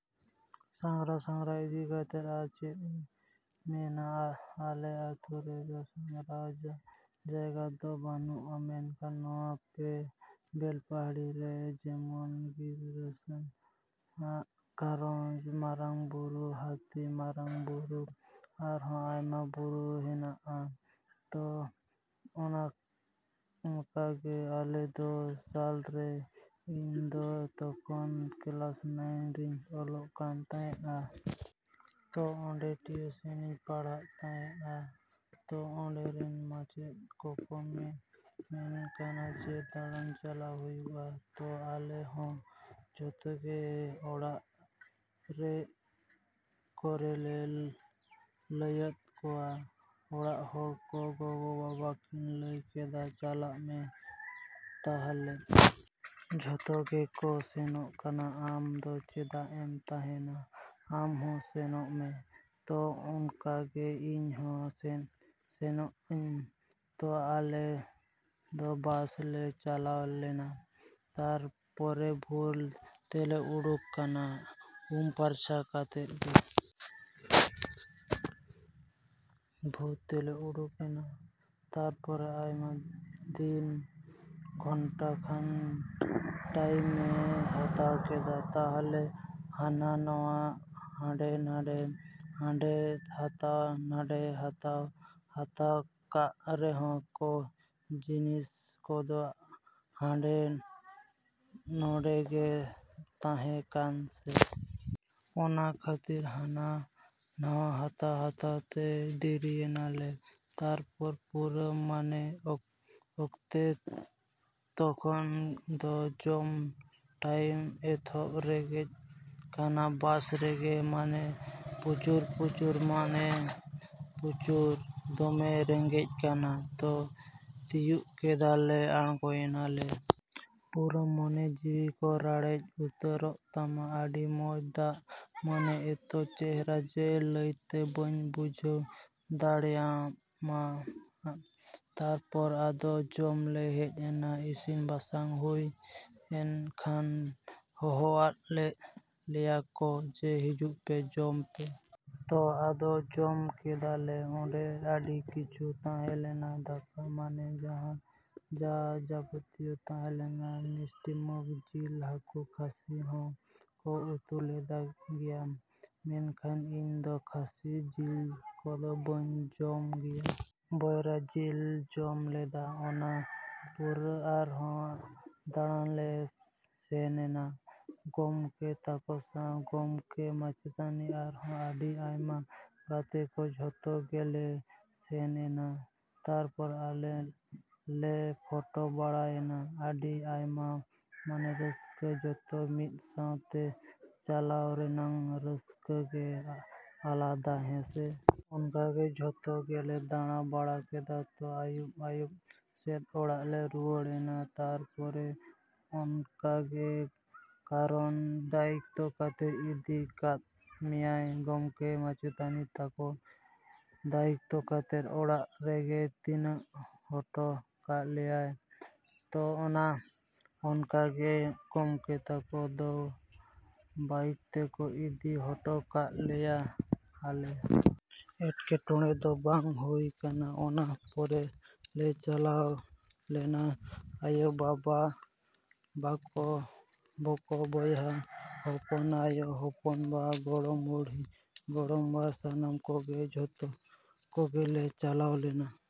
ᱥᱟᱸᱜᱷᱟᱨ᱾ ᱥᱟᱸᱜᱷᱟᱨ ᱤᱫᱤ ᱠᱟᱛᱮ ᱟᱨ ᱪᱮᱫ ᱤᱧ ᱢᱮᱱᱟ, ᱟᱞᱮ ᱟᱛᱳ ᱨᱮᱫᱚ ᱥᱟᱸᱜᱷᱟᱨ ᱡᱟᱭᱜᱟ ᱫᱚ ᱵᱟᱹᱱᱩᱜᱼᱟ᱾ ᱢᱮᱱᱠᱷᱟᱱ ᱱᱚᱣᱟ ᱵᱮᱞᱯᱟᱦᱟᱲᱤ ᱨᱮ ᱡᱮᱢᱚᱱ ᱜᱟᱰᱨᱟᱥᱤᱱᱤ, ᱜᱷᱟᱜᱽᱨᱟ, ᱢᱟᱨᱟᱝ ᱵᱩᱨᱩ, ᱦᱟᱹᱛᱤᱢᱟᱨᱟ ᱵᱩᱨᱩ, ᱟᱨᱦᱚᱸ ᱟᱭᱢᱟ ᱵᱩᱨᱩ ᱦᱮᱱᱟᱜᱼᱟ᱾ ᱛᱚ, ᱚᱱᱠᱟᱜᱮ ᱟᱞᱮ ᱫᱚ ᱥᱟᱞ ᱨᱮ, ᱤᱧ ᱫᱚ ᱛᱚᱠᱷᱚᱱ ᱠᱞᱟᱥ ᱱᱟᱭᱤᱱ ᱨᱮᱧ ᱚᱞᱚᱜ ᱠᱟᱱ ᱛᱟᱦᱮᱸᱜᱼᱟ᱾ ᱛᱚ, ᱚᱸᱰᱮ ᱴᱤᱭᱩᱥᱤᱱ ᱤᱧ ᱯᱟᱲᱦᱟᱜ ᱛᱟᱦᱮᱸᱜᱼᱟ᱾ ᱛᱚ ᱚᱸᱰᱮ ᱨᱮᱱ ᱢᱟᱪᱮᱫ ᱠᱚᱠᱚ ᱢᱮᱱᱮ ᱠᱟᱱᱟ ᱡᱮ, ᱫᱟᱬᱟᱱ ᱪᱟᱞᱟᱜ ᱦᱩᱭᱩᱜᱼᱟ᱾ ᱛᱚ, ᱟᱞᱮ ᱦᱚᱸ ᱡᱚᱛᱚᱜᱮ ᱚᱲᱟᱜ ᱠᱚᱨᱮᱞᱮ ᱞᱟᱹᱭᱟᱫ ᱠᱚᱣᱟ᱾ ᱚᱲᱟᱜ ᱦᱚᱲ ᱠᱚ, ᱜᱚᱜᱚ-ᱵᱟᱵᱟ ᱠᱤᱱ ᱞᱟᱹᱭ ᱠᱮᱫᱟ ᱪᱟᱞᱟᱜ ᱢᱮ ᱛᱟᱦᱚᱞᱮ᱾ ᱡᱷᱚᱛᱚᱜᱮᱠᱚ ᱥᱮᱱᱚᱜ ᱠᱟᱱᱟ ᱟᱢ ᱫᱚ ᱪᱮᱫᱟᱜ ᱮᱢ ᱛᱟᱦᱮᱱᱟ? ᱟᱢ ᱦᱚᱸ ᱥᱮᱱᱚᱜ ᱢᱮ᱾ ᱛᱚ, ᱚᱱᱠᱟᱜᱮ ᱤᱧ ᱦᱚᱸ ᱥᱮᱱᱮᱱᱟᱹᱧ᱾ ᱛᱚ, ᱟᱞᱮ ᱫᱚ ᱵᱟᱥ ᱛᱮᱞᱮ ᱪᱟᱞᱟᱣ ᱞᱮᱱᱟ᱾ ᱛᱟᱨᱯᱚᱨᱮ ᱵᱷᱳᱨ ᱛᱮᱞᱮ ᱩᱰᱩᱝ ᱠᱟᱱᱟ, ᱩᱢ ᱯᱷᱟᱨᱪᱟ ᱠᱟᱛᱮ ᱜᱮ᱾ ᱵᱷᱳᱨ ᱛᱮᱞᱮ ᱩᱰᱩᱝ ᱮᱱᱟ, ᱛᱟᱨᱯᱚᱨᱮ ᱚᱭ ᱢᱤᱫ ᱜᱷᱚᱱᱴᱟ ᱜᱟᱱ ᱴᱟᱭᱤᱢᱮ ᱦᱟᱛᱟᱣ ᱠᱮᱫ ᱛᱟᱞᱮᱭᱟ ᱦᱟᱱᱟ ᱱᱟᱣᱟ, ᱦᱟᱸᱰᱮ ᱱᱟᱰᱮ, ᱦᱟᱸᱰᱮ ᱦᱟᱛᱟᱣ, ᱱᱟᱸᱰᱮ ᱦᱟᱛᱟᱣ, ᱦᱟᱛᱟᱣ ᱠᱟᱜ ᱨᱮᱦᱚᱸ ᱠᱚ ᱡᱤᱱᱤᱥ ᱠᱚᱫᱚ ᱦᱟᱸᱰᱮ ᱱᱷᱟᱰᱮ ᱜᱮ ᱛᱟᱦᱮᱸ ᱠᱟᱱᱟ ᱥᱮ᱾ ᱚᱱᱟ ᱠᱷᱟᱹᱛᱤᱨ ᱦᱟᱱᱟ ᱱᱟᱣᱟ ᱦᱟᱛᱟᱣ ᱦᱟᱛᱟᱣ ᱛᱮ ᱫᱮᱨᱤᱭᱮᱱᱟᱞᱮ᱾ ᱛᱟᱨᱯᱚᱨ ᱯᱩᱨᱟᱹ ᱢᱟᱱᱮ ᱚᱠᱛᱚ ᱛᱚᱠᱷᱚᱱ ᱫᱚ ᱡᱚᱢ ᱴᱟᱭᱤᱢ ᱮᱛᱚ ᱨᱮᱸᱜᱮᱡ ᱠᱟᱱᱟ ᱵᱟᱥ ᱨᱮᱜᱮ᱾ ᱢᱟᱱᱮ ᱯᱨᱚᱪᱩᱨ, ᱯᱨᱚᱪᱩᱨ ᱢᱟᱱᱮ ᱯᱨᱚᱪᱩᱨ᱾ ᱫᱚᱢᱮ ᱨᱮᱸᱜᱮᱡ ᱠᱟᱱᱟ᱾ ᱛᱚ, ᱛᱤᱭᱳᱜ ᱠᱮᱫᱟᱞᱮ ᱟᱬᱜᱚᱭᱮᱱᱟᱞᱮ᱾ ᱯᱩᱨᱟᱹ ᱢᱚᱱᱮ ᱡᱤᱣᱭᱤ ᱠᱚ ᱞᱟᱲᱮᱡ ᱩᱛᱟᱹᱨᱚᱜ ᱛᱟᱢᱟ᱾ ᱟᱹᱰᱤ ᱢᱚᱡᱽ ᱫᱟᱜ, ᱢᱟᱱᱮ ᱮᱛᱚ ᱪᱮᱦᱨᱟ ᱡᱮ, ᱞᱟᱹᱭᱛᱮ ᱵᱟᱹᱧ ᱵᱩᱡᱷᱟᱹᱣ ᱫᱟᱲᱮᱭᱟᱜᱼᱟ᱾ ᱛᱟᱨᱯᱚᱨ ᱟᱫᱚ ᱡᱚᱢᱞᱮ ᱦᱮᱡ ᱮᱱᱟ᱾ ᱤᱥᱤᱱ ᱵᱟᱥᱟᱝ ᱦᱩᱭᱮᱱ ᱠᱷᱟᱱ ᱦᱚᱦᱚᱣᱟᱫ ᱞᱮᱭᱟ ᱠᱚ, ᱡᱮ, ᱦᱤᱡᱩᱜ ᱯᱮ, ᱡᱚᱢᱯᱮ᱾ ᱛᱚ, ᱟᱫᱚ ᱡᱚᱢ ᱠᱮᱫᱟᱞᱮ᱾ ᱚᱸᱰᱮ ᱟᱹᱰᱤ ᱠᱤᱪᱷᱩ ᱛᱟᱦᱮᱞᱮᱱᱟ, ᱫᱟᱠᱟ, ᱢᱟᱱᱮ ᱡᱟᱦᱟᱸ ᱡᱟ, ᱡᱟᱵᱚᱛᱤ ᱛᱟᱦᱮᱞᱮᱱᱟ᱾ ᱢᱤᱥᱴᱤ ᱢᱩᱠᱷ, ᱡᱤᱞ, ᱦᱟᱹᱠᱩ, ᱠᱷᱟᱹᱥᱤ ᱦᱚᱸ ᱠᱚ ᱩᱛᱩ ᱞᱮᱫ ᱜᱮᱭᱟ᱾ ᱢᱮᱱᱠᱷᱟᱱ ᱤᱧ ᱫᱚ ᱠᱷᱟᱹᱥᱤ ᱡᱤᱞ ᱠᱚᱫᱚ ᱵᱟᱹᱧ ᱡᱚᱢ ᱜᱮᱭᱟ᱾ ᱵᱚᱭᱞᱟᱨ ᱡᱮᱞ ᱡᱚᱢ ᱞᱮᱫᱟ᱾ ᱚᱱᱟ ᱯᱚᱨᱮ ᱟᱨᱦᱚᱸ ᱫᱟᱬᱟᱱ ᱞᱮ ᱥᱮᱱᱮᱱᱟ ᱜᱚᱢᱠᱮ ᱛᱟᱠᱚ ᱥᱟᱸᱶ᱾ ᱜᱚᱢᱠᱮ, ᱢᱟᱪᱮᱛᱟᱹᱱᱤ ᱟᱨᱦᱚᱸ ᱟᱹᱰᱤ ᱟᱭᱢᱟ ᱜᱟᱛᱮ ᱠᱚ ᱡᱷᱚᱛᱚ ᱜᱮᱞᱮ ᱥᱮᱱ ᱮᱱᱟ᱾ ᱛᱟᱨᱯᱚᱨ ᱟᱞᱮ ᱞᱮ ᱯᱷᱚᱴᱚ ᱵᱟᱲᱟᱭᱮᱱᱟ᱾ ᱟᱹᱰᱤ ᱟᱭᱢᱟ ᱢᱟᱱᱮ ᱨᱟᱹᱥᱠᱟᱹ ᱡᱷᱚᱛᱚ ᱢᱤᱫ ᱥᱟᱶᱛᱮ ᱪᱟᱞᱟᱜ ᱨᱮᱱᱟᱜ ᱨᱟᱹᱥᱠᱟᱹ ᱜᱮ ᱟᱞᱟᱫᱟ ᱦᱮᱸᱥᱮ᱾ ᱚᱱᱠᱟ ᱜᱮ ᱡᱷᱚᱛᱚ ᱜᱮᱞᱮ ᱫᱟᱬᱟ ᱵᱟᱲᱟ ᱠᱮᱫᱟ, ᱛᱚ, ᱟᱭᱩᱵ ᱟᱭᱩᱵ ᱥᱮᱫ ᱚᱲᱟᱜ ᱞᱮ ᱨᱩᱣᱟᱹᱲᱮᱱᱟ᱾ ᱛᱟᱨᱯᱚᱨᱮ ᱚᱱᱠᱟᱜᱮ, ᱠᱟᱨᱚᱱ, ᱫᱟᱭᱤᱛᱛᱚ ᱠᱟᱛᱮ ᱤᱫᱤᱭ ᱠᱟᱫ ᱢᱮᱭᱟ ᱜᱚᱢᱠᱮ ᱢᱟᱪᱮᱛᱟᱱᱤ ᱛᱟᱠᱚ, ᱫᱟᱭᱤᱛᱛᱚ ᱠᱟᱛᱮ ᱚᱲᱟᱜ ᱨᱮᱜᱮ ᱛᱤᱭᱟᱹᱜ ᱦᱚᱴᱚ ᱠᱟᱢᱟᱭ᱾ ᱛᱚ, ᱚᱱᱠᱟ ᱜᱮ ᱜᱚᱢᱠᱮ ᱛᱟᱠᱚ ᱫᱚ ᱵᱟᱭᱤᱠ ᱛᱮᱠᱚ ᱤᱫᱤ ᱦᱚᱴᱚ ᱠᱟᱜ ᱞᱮᱭᱟ ᱟᱞᱮ᱾ ᱮᱴᱠᱮᱴᱚᱬᱮ ᱫᱚ ᱵᱟᱝ ᱦᱩᱭ ᱠᱟᱱᱟ᱾ ᱚᱱᱟ ᱯᱚᱨᱞᱮ ᱪᱟᱞᱟᱣ ᱞᱮᱱᱟ ᱟᱭᱳᱼᱵᱟᱵᱟ, ᱵᱚᱠᱚ ᱵᱚᱭᱦᱟ, ᱦᱚᱯᱚᱱ ᱟᱭᱳ ᱦᱚᱯᱚᱱ ᱵᱟ, ᱜᱚᱲᱚᱢ ᱵᱩᱲᱦᱤ ᱜᱚᱲᱚᱢ ᱵᱟ ᱥᱟᱱᱟᱢ ᱠᱚᱜᱮ᱾ ᱡᱷᱚᱛᱚ ᱠᱚᱜᱮᱞᱮ ᱪᱟᱞᱟᱣ ᱞᱮᱱᱟ ᱾